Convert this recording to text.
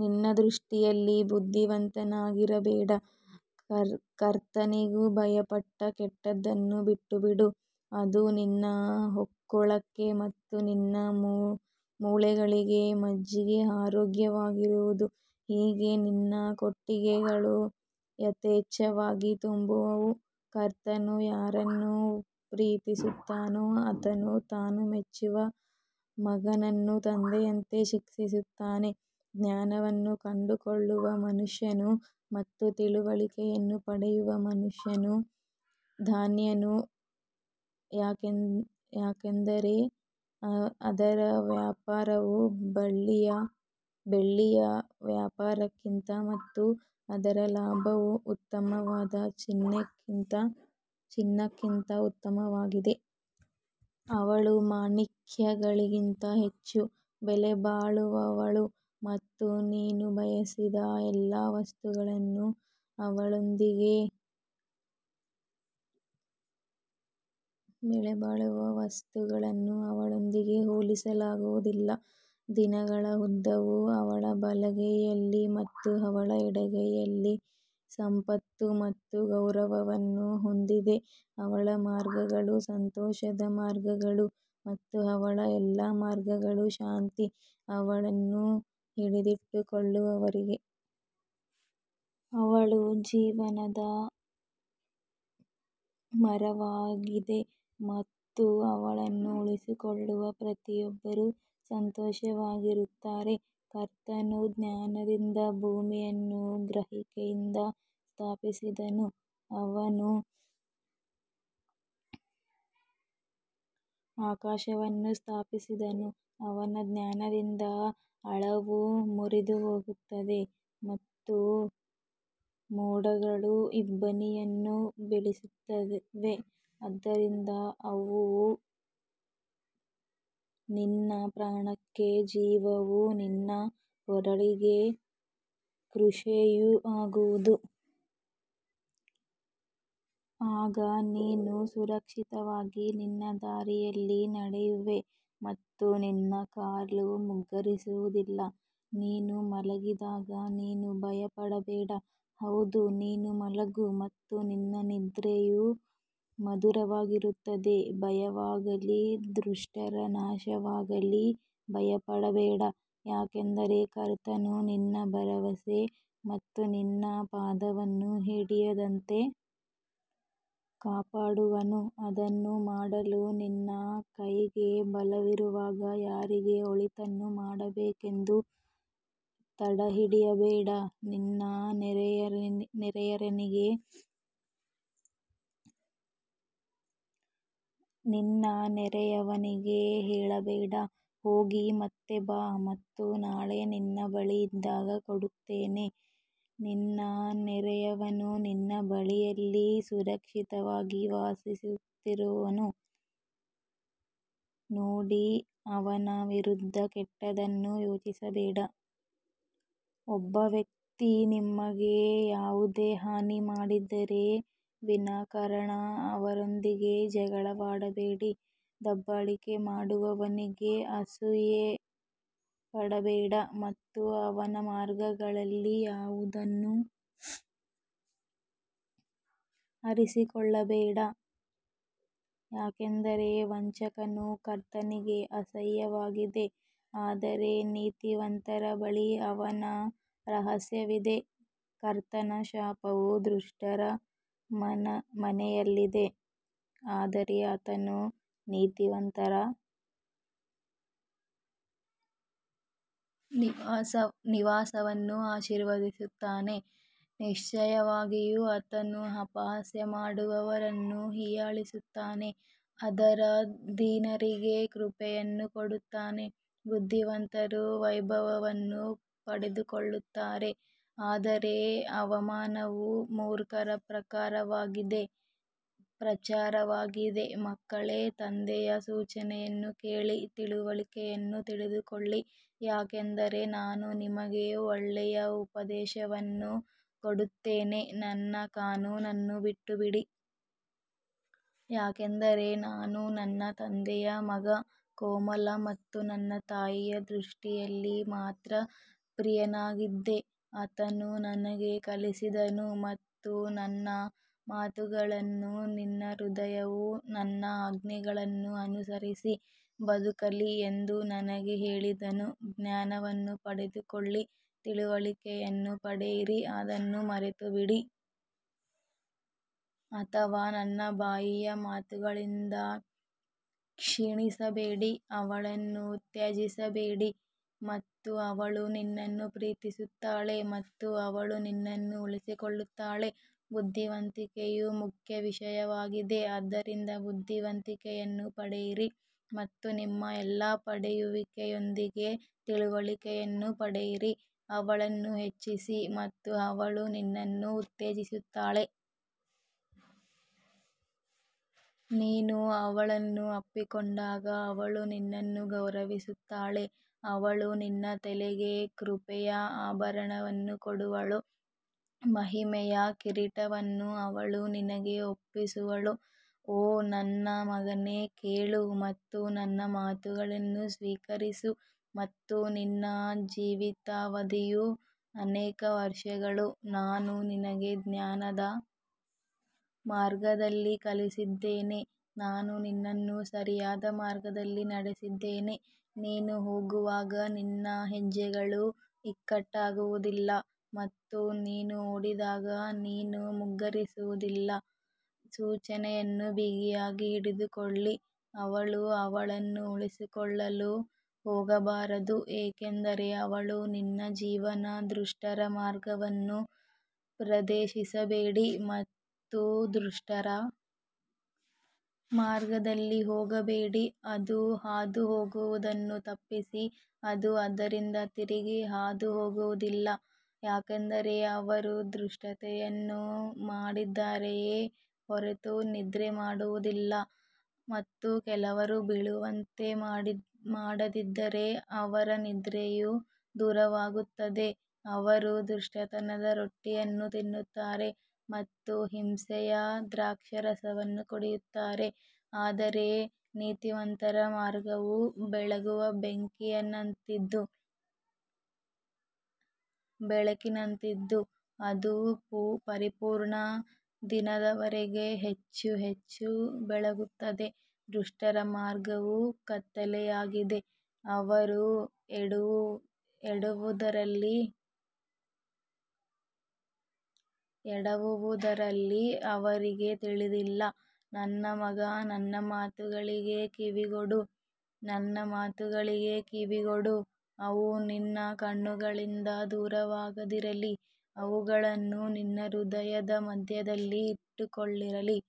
ನಿನ್ನ ದೃಷ್ಟಿಯಲ್ಲಿ ಬುದ್ಧಿವಂತನಾಗಿರಬೇಡ, ಕರ್ತನಿಗೆ ಭಯಪಟ್ಟು ಕೆಟ್ಟದ್ದನ್ನು ಬಿಟ್ಟುಬಿಡು ಅದು ನಿನ್ನ ಹೊಕ್ಕುಳಕ್ಕೆ ಮತ್ತು ನಿನ್ನ ಮೂಳೆಗಳಿಗೆ ಮಜ್ಜೆಗೆ ಆರೋಗ್ಯವಾಗಿರುವುದು ಹೀಗೆ ನಿನ್ನ ಕೊಟ್ಟಿಗೆಗಳು ಯಥೇಚ್ಛವಾಗಿ ತುಂಬುವವು ಕರ್ತನು ಯಾರನ್ನು ಪ್ರೀತಿಸುತ್ತಾನೋ ಆತನು ತಾನು ಮೆಚ್ಚುವ ಮಗನನ್ನು ತಂದೆಯಂತೆ ಶಿಕ್ಷಿಸುತ್ತಾನೆ ಜ್ಞಾನವನ್ನು ಕಂಡುಕೊಳ್ಳುವ ಮನುಷ್ಯನು ಮತ್ತು ತಿಳುವಳಿಕೆಯನ್ನು ಪಡೆಯುವ ಮನುಷ್ಯನು ಧನ್ಯನು ಯಾಕಂದರೆ ಅದರ ವ್ಯಾಪಾರವು ಬೆಳ್ಳಿಯ ವ್ಯಾಪಾರಕ್ಕಿಂತ ಮತ್ತು ಅದರ ಲಾಭವು ಉತ್ತಮವಾದ ಚಿನ್ನಕ್ಕಿಂತ ಉತ್ತಮವಾಗಿದೆ. ಅವಳು ಮಾಣಿಕ್ಯಗಳಿಗಿಂತ ಹೆಚ್ಚು ಬೆಲೆಬಾಳುವವಳು ಮತ್ತು ನೀನು ಬಯಸಿದ ಎಲ್ಲಾ ವಸ್ತುಗಳನ್ನು ಅವಳೊಂದಿಗೆ ಹೋಲಿಸಲಾಗುವುದಿಲ್ಲ ದಿನಗಳ ಉದ್ದವು ಅವಳ ಬಲಗೈಯಲ್ಲಿ ಮತ್ತು ಅವಳ ಎಡಗೈಯಲ್ಲಿ ಸಂಪತ್ತು ಮತ್ತು ಗೌರವವನ್ನು ಹೊಂದಿದೆ ಅವಳ ಮಾರ್ಗಗಳು ಸಂತೋಷದ ಮಾರ್ಗಗಳು ಮತ್ತು ಅವಳ ಎಲ್ಲಾ ಮಾರ್ಗಗಳು ಶಾಂತಿ ಅವಳನ್ನು ಹಿಡಿದಿಟ್ಟುಕೊಳ್ಳುವವರಿಗೆ ಅವಳು ಜೀವನದ ಮರವಾಗಿದೆ ಮತ್ತು ಅವಳನ್ನು ಉಳಿಸಿಕೊಳ್ಳುವ ಪ್ರತಿಯೊಬ್ಬರೂ ಸಂತೋಷವಾಗಿರುತ್ತಾರೆ ಕರ್ತನು ಜ್ಞಾನದಿಂದ ಭೂಮಿಯನ್ನು ಗ್ರಹಿಕೆಯಿಂದ ಸ್ಥಾಪಿಸಿದನು, ಅವನು ಆಕಾಶವನ್ನು ಸ್ಥಾಪಿಸಿದನು ಅವನ ಜ್ಞಾನದಿಂದ ಆಳವು ಮುರಿದುಹೋಗುತ್ತದೆ ಮತ್ತು ಮೋಡಗಳು ಇಬ್ಬನಿಯನ್ನು ಬೀಳಿಸುತ್ತವೆ ಆದ್ದರಿಂದ ಅವು ನಿನ್ನ ಪ್ರಾಣಕ್ಕೆ ಜೀವವೂ ನಿನ್ನ ಕೊರಳಿಗೆ ಕೃಪೆಯೂ ಆಗುವವು ಆಗ ನೀನು ಸುರಕ್ಷಿತವಾಗಿ ನಿನ್ನ ದಾರಿಯಲ್ಲಿ ನಡೆಯುವೆ ಮತ್ತು ನಿನ್ನ ಕಾಲು ಮುಗ್ಗರಿಸುವುದಿಲ್ಲ ನೀನು ಮಲಗಿದಾಗ ನೀನು ಭಯಪಡಬೇಡ ಹೌದು ನೀನು ಮಲಗು ಮತ್ತು ನಿನ್ನ ನಿದ್ರೆಯು ಮಧುರವಾಗಿರುತ್ತದೆ ಭಯವಾಗಲಿ ದುಷ್ಟರ ನಾಶವಾಗಲಿ ಭಯಪಡಬೇಡ ಯಾಕಂದರೆ ಕರ್ತನು ನಿನ್ನ ಭರವಸೆ ಮತ್ತು ನಿನ್ನ ಪಾದವನ್ನು ಹಿಡಿಯದಂತೆ ಕಾಪಾಡುವನು ಅದನ್ನು ಮಾಡಲು ನಿನ್ನ ಕೈಗೆ ಬಲವಿರುವಾಗ ಯಾರಿಗೆ ಒಳಿತನ್ನು ಮಾಡಬೇಕೆಂದು ತಡೆಹಿಡಿಯಬೇಡ ನಿನ್ನ ನೆರೆಯವನಿಗೆ ಹೇಳಬೇಡ ಹೋಗಿ ಮತ್ತೆ ಬಾ ಮತ್ತು ನಾಳೆ ನಿನ್ನ ಬಳಿ ಇದ್ದಾಗ ಕೊಡುತ್ತೇನೆ ನಿನ್ನ ನೆರೆಯವನು ನಿನ್ನ ಬಳಿಯಲ್ಲಿ ಸುರಕ್ಷಿತವಾಗಿ ವಾಸಿಸುತ್ತಿರುವುದನ್ನು ನೋಡಿ ಅವನ ವಿರುದ್ಧ ಕೆಟ್ಟದ್ದನ್ನು ಯೋಚಿಸಬೇಡ ಒಬ್ಬ ವ್ಯಕ್ತಿ ನಿಮಗೆ ಯಾವುದೇ ಹಾನಿ ಮಾಡದಿದ್ದರೆ ವಿನಾಕಾರಣ ಅವರೊಂದಿಗೆ ಜಗಳವಾಡಬೇಡಿ ದಬ್ಬಾಳಿಕೆ ಮಾಡುವವನಿಗೆ ಅಸೂಯೆಪಡಬೇಡ ಮತ್ತು ಅವನ ಮಾರ್ಗಗಳಲ್ಲಿ ಯಾವುದನ್ನೂ ಆರಿಸಿಕೊಳ್ಳಬೇಡ ಯಾಕಂದರೆ ವಂಚಕನು ಕರ್ತನಿಗೆ ಅಸಹ್ಯವಾಗಿದೆ ಆದರೆ ನೀತಿವಂತರ ಬಳಿ ಅವನ ರಹಸ್ಯವಿದೆ ಕರ್ತನ ಶಾಪವು ದುಷ್ಟರ ಮನೆಯಲ್ಲಿದೆ ಆದರೆ ಆತನು ನೀತಿವಂತರ ನಿವಾಸವನ್ನು ಆಶೀರ್ವದಿಸುತ್ತಾನೆ ನಿಶ್ಚಯವಾಗಿಯೂ ಆತನು ಅಪಹಾಸ್ಯ ಮಾಡುವವರನ್ನು ಹೀಯಾಳಿಸುತ್ತಾನೆ ಆದರೆ ದೀನರಿಗೆ ಕೃಪೆಯನ್ನು ಕೊಡುತ್ತಾನೆ ಬುದ್ಧಿವಂತರು ವೈಭವವನ್ನು ಪಡೆದುಕೊಳ್ಳುತ್ತಾರೆ ಆದರೆ ಅವಮಾನವು ಮೂರ್ಖರ ಪ್ರಚಾರವಾಗಿದೆ ಮಕ್ಕಳೇ ತಂದೆಯ ಸೂಚನೆಯನ್ನು ಕೇಳಿ ತಿಳುವಳಿಕೆಯನ್ನು ತಿಳಿದುಕೊಳ್ಳಿ ಯಾಕಂದರೆ ನಾನು ನಿಮಗೆ ಒಳ್ಳೆಯ ಉಪದೇಶವನ್ನು ಕೊಡುತ್ತೇನೆ ನನ್ನ ಕಾನೂನನ್ನು ಬಿಟ್ಟುಬಿಡಿ ಯಾಕಂದರೆ ನಾನು ನನ್ನ ತಂದೆಯ ಮಗ ಕೋಮಲ ಮತ್ತು ನನ್ನ ತಾಯಿಯ ದೃಷ್ಟಿಯಲ್ಲಿ ಮಾತ್ರ ಪ್ರಿಯನಾಗಿದ್ದೆ ಆತನು ನನಗೆ ಕಲಿಸಿದನು ಮತ್ತು ನನ್ನ ಮಾತುಗಳನ್ನು ನಿನ್ನ ಹೃದಯವು ನನ್ನ ಆಜ್ಞೆಗಳನ್ನು ಅನುಸರಿಸಿ ಬದುಕಲಿ ಎಂದು ನನಗೆ ಹೇಳಿದನು ಜ್ಞಾನವನ್ನು ಪಡೆದುಕೊಳ್ಳಿ ತಿಳುವಳಿಕೆಯನ್ನು ಪಡೆಯಿರಿ ಅದನ್ನು ಮರೆತುಬಿಡಿ ಅಥವಾ ನನ್ನ ಬಾಯಿಯ ಮಾತುಗಳಿಂದ ಕ್ಷೀಣಿಸಬೇಡಿ ಅವಳನ್ನು ತ್ಯಜಿಸಬೇಡ ಮತ್ತು ಅವಳು ನಿನ್ನನ್ನು ಪ್ರೀತಿಸುತ್ತಾಳೆ ಮತ್ತು ಅವಳು ನಿನ್ನನ್ನು ಉಳಿಸಿಕೊಳ್ಳುತ್ತಾಳೆ ಬುದ್ಧಿವಂತಿಕೆಯು ಮುಖ್ಯ ವಿಷಯವಾಗಿದೆ, ಆದ್ದರಿಂದ ಬುದ್ಧಿವಂತಿಕೆಯನ್ನು ಪಡೆಯಿರಿ ಮತ್ತು ನಿಮ್ಮ ಎಲ್ಲಾ ಪಡೆಯುವಿಕೆಯೊಂದಿಗೆ ತಿಳುವಳಿಕೆಯನ್ನು ಪಡೆಯಿರಿ ಅವಳನ್ನು ಹೆಚ್ಚಿಸಿ ಮತ್ತು ಅವಳು ನಿನ್ನನ್ನು ಉತ್ತೇಜಿಸುತ್ತಾಳೆ, ನೀನು ಅವಳನ್ನು ಅಪ್ಪಿಕೊಂಡಾಗ ಅವಳು ನಿನ್ನನ್ನು ಗೌರವಿಸುತ್ತಾಳೆ ಅವಳು ನಿನ್ನ ತಲೆಗೆ ಕೃಪೆಯ ಆಭರಣವನ್ನು ಕೊಡುವಳು, ಮಹಿಮೆಯ ಕಿರೀಟವನ್ನು ಅವಳು ನಿನಗೆ ಒಪ್ಪಿಸುವಳು ಓ ನನ್ನ ಮಗನೇ ಕೇಳು ಮತ್ತು ನನ್ನ ಮಾತುಗಳನ್ನು ಸ್ವೀಕರಿಸು ಮತ್ತು ನಿನ್ನ ಜೀವಿತಾವಧಿಯು ಅನೇಕ ವರ್ಷಗಳು ನಾನು ನಿನಗೆ ಜ್ಞಾನದ ಮಾರ್ಗದಲ್ಲಿ ಕಲಿಸಿದ್ದೇನೆ, ನಾನು ನಿನ್ನನ್ನು ಸರಿಯಾದ ಮಾರ್ಗದಲ್ಲಿ ನಡೆಸಿದ್ದೇನೆ ನೀನು ಹೋಗುವಾಗ ನಿನ್ನ ಹೆಜ್ಜೆಗಳು ಇಕ್ಕಟ್ಟಾಗುವುದಿಲ್ಲ ಮತ್ತು ನೀನು ಓಡಿದಾಗ ನೀನು ಮುಗ್ಗರಿಸುವುದಿಲ್ಲ ಸೂಚನೆಯನ್ನು ಬಿಗಿಯಾಗಿ ಹಿಡಿದುಕೊಳ್ಳಿ, ಅವಳು ಅವಳನ್ನು ಉಳಿಸಿಕೊಳ್ಳಲು ಹೋಗಬಾರದು ಏಕೆಂದರೆ ಅವಳು ನಿನ್ನ ಜೀವನ ದುಷ್ಟರ ಮಾರ್ಗವನ್ನು ಪ್ರವೇಶಿಸಬೇಡಿ ಮತ್ತು ದುಷ್ಟರ ಮಾರ್ಗದಲ್ಲಿ ಹೋಗಬೇಡಿ ಅದು ಹಾದುಹೋಗುವುದನ್ನು ತಪ್ಪಿಸಿ ಅದು ಅದರಿಂದ ತಿರುಗಿ ಹಾದುಹೋಗುವುದಿಲ್ಲ ಯಾಕಂದರೆ ಅವರು ದುಷ್ಕೃತ್ಯಗಳನ್ನು ಮಾಡಿದ್ದಾರೆಯೇ ಹೊರತು ನಿದ್ರೆ ಮಾಡುವುದಿಲ್ಲ ಮತ್ತು ಕೆಲವರು ಬೀಳುವಂತೆ ಮಾಡದಿದ್ದರೆ ಅವರ ನಿದ್ರೆಯು ದೂರವಾಗುತ್ತದೆ ಅವರು ದುಷ್ಟತನದ ರೊಟ್ಟಿಯನ್ನು ತಿನ್ನುತ್ತಾರೆ ಮತ್ತು ಹಿಂಸೆಯ ದ್ರಾಕ್ಷಾರಸವನ್ನು ಕುಡಿಯುತ್ತಾರೆ ಆದರೆ ನೀತಿವಂತರ ಮಾರ್ಗವು ಬೆಳಗುವ ಬೆಳಕಿನಂತಿದ್ದು ಅದು ಪರಿಪೂರ್ಣ ದಿನದವರೆಗೆ ಹೆಚ್ಚು ಹೆಚ್ಚು ಬೆಳಗುತ್ತದೆ ದುಷ್ಟರ ಮಾರ್ಗವು ಕತ್ತಲೆಯಾಗಿದೆ, ಅವರು ಎಡವುವುದರಲ್ಲಿ ಅವರಿಗೆ ತಿಳಿದಿಲ್ಲ ನನ್ನ ಮಗ ನನ್ನ ಮಾತುಗಳಿಗೆ ಕಿವಿಗೊಡು, ನನ್ನ ಮಾತುಗಳಿಗೆ ಕಿವಿಗೊಡು ಅವು ನಿನ್ನ ಕಣ್ಣುಗಳಿಂದ ದೂರವಾಗದಿರಲಿ, ಅವುಗಳನ್ನು ನಿನ್ನ ಹೃದಯದ ಮಧ್ಯದಲ್ಲಿ ಇಟ್ಟುಕೊಳ್ಳಲಿ.